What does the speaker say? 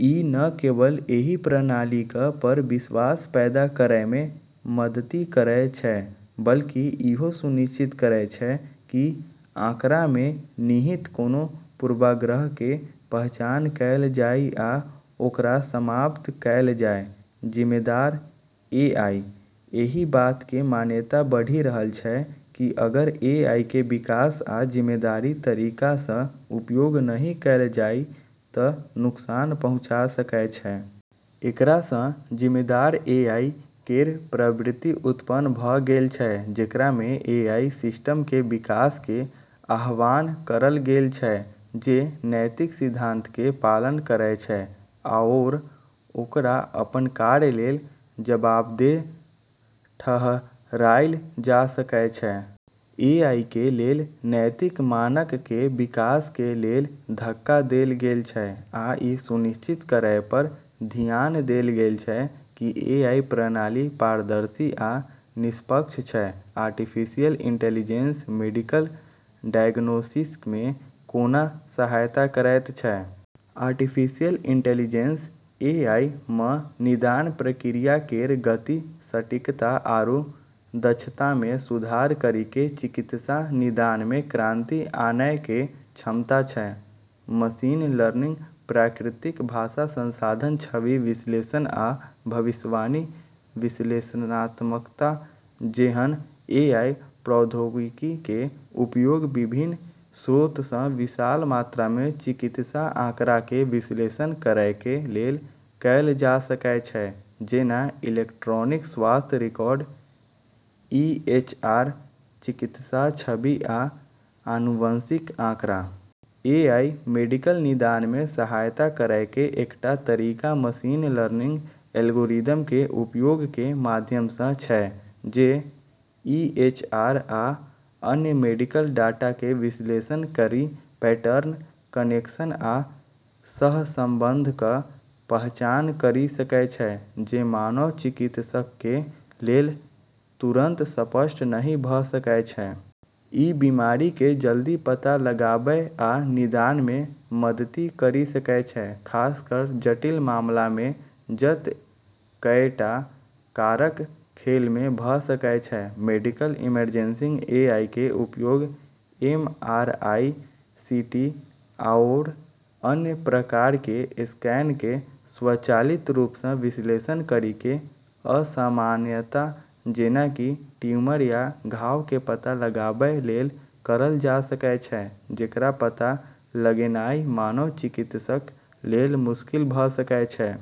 ई न केवल एहि प्रणालीक पर विश्वास पैदा करैमे मदति करै छै बल्कि इहो सुनिश्चित करै छै कि आंकड़ामे निहित कोनों पूर्वाग्रहके पहचान कैल जाइ आ ओकरा समाप्त कैल जाय । जिम्मेदार एआई: एहि बातके मान्यता बढ़ि रहल छै कि अगर एआईके विकास आ जिम्मेदार तरीकासँ उपयोग नहि कैल जाइ त' नुकसान पहुंचा सकै छै । एकरासँ "जिम्मेदार एआई" केर प्रवृत्ति उत्पन्न भ' गेल छै जेकरामे एआई सिस्टमके विकासके आह्वान करल गेल छै जे नैतिक सिद्धांतके पालन करै छै आओर ओकरा अपन कार्य लेल जवाबदेह ठहराइल जा सकै छै। एआईके लेल नैतिक मानकके विकासके लेल धक्का देल गेल छै, आ ई सुनिश्चित करै पर धियान देल गेल छै कि एआई प्रणाली पारदर्शी आ निष्पक्ष छै । आर्टिफिशियल इंटेलिजेंस मेडिकल डायग्नोसिसमे कोना सहायता करैत छै? आर्टिफिशियल इंटेलिजेंस (एआई) म' निदान प्रक्रिया केरऽ गति, सटीकता आरू दक्षतामे सुधार करिके चिकित्सा निदानमे क्रांति आनैके क्षमता छै। मशीन लर्निंग, प्राकृतिक भाषा संसाधन, छवि विश्लेषण, आ भविष्यवाणी विश्लेषणात्मकता जेहन एआई प्रौद्योगिकीके उपयोग विभिन्न स्रोतसँ विशाल मात्रामे चिकित्सा आंकड़ाके विश्लेषण करैके लेल कैल जा सकै छै, जेना इलेक्ट्रॉनिक स्वास्थ्य रिकॉर्ड (ईएचआर), चिकित्सा छवि, आ आनुवंशिक आंकड़ा । एआई मेडिकल निदानमे सहायता करैके एकटा तरीका मशीन लर्निंग एल्गोरिदमके उपयोगके माध्यमसँ छै जे ईएचआर आ अन्य मेडिकल डाटाके विश्लेषण करि पैटर्न, कनेक्शन आ सहसंबंधक पहचान करि सकै छै जे मानव चिकित्सकके लेल तुरंत स्पष्ट नहि भ' सकै छै । ई बीमारिके जल्दी पता लगाबै आ निदानमे मदति करि सकै छै, खासकर जटिल मामलामे जतऽ कएटा कारक खेलमे भ' सकै छै । मेडिकल इमेजिंगमे एआईके उपयोग एमआरआई, सीटी आओर अन्य प्रकारके स्कैनके स्वचालित रूपसँ विश्लेषण करिके असामान्यता, जेना कि ट्यूमर या घावके पता लगाबै लेल करल जा सकै छै, जेकर पता लगेनाइ मानव चिकित्सक लेल मुश्किल भ' सकै छै।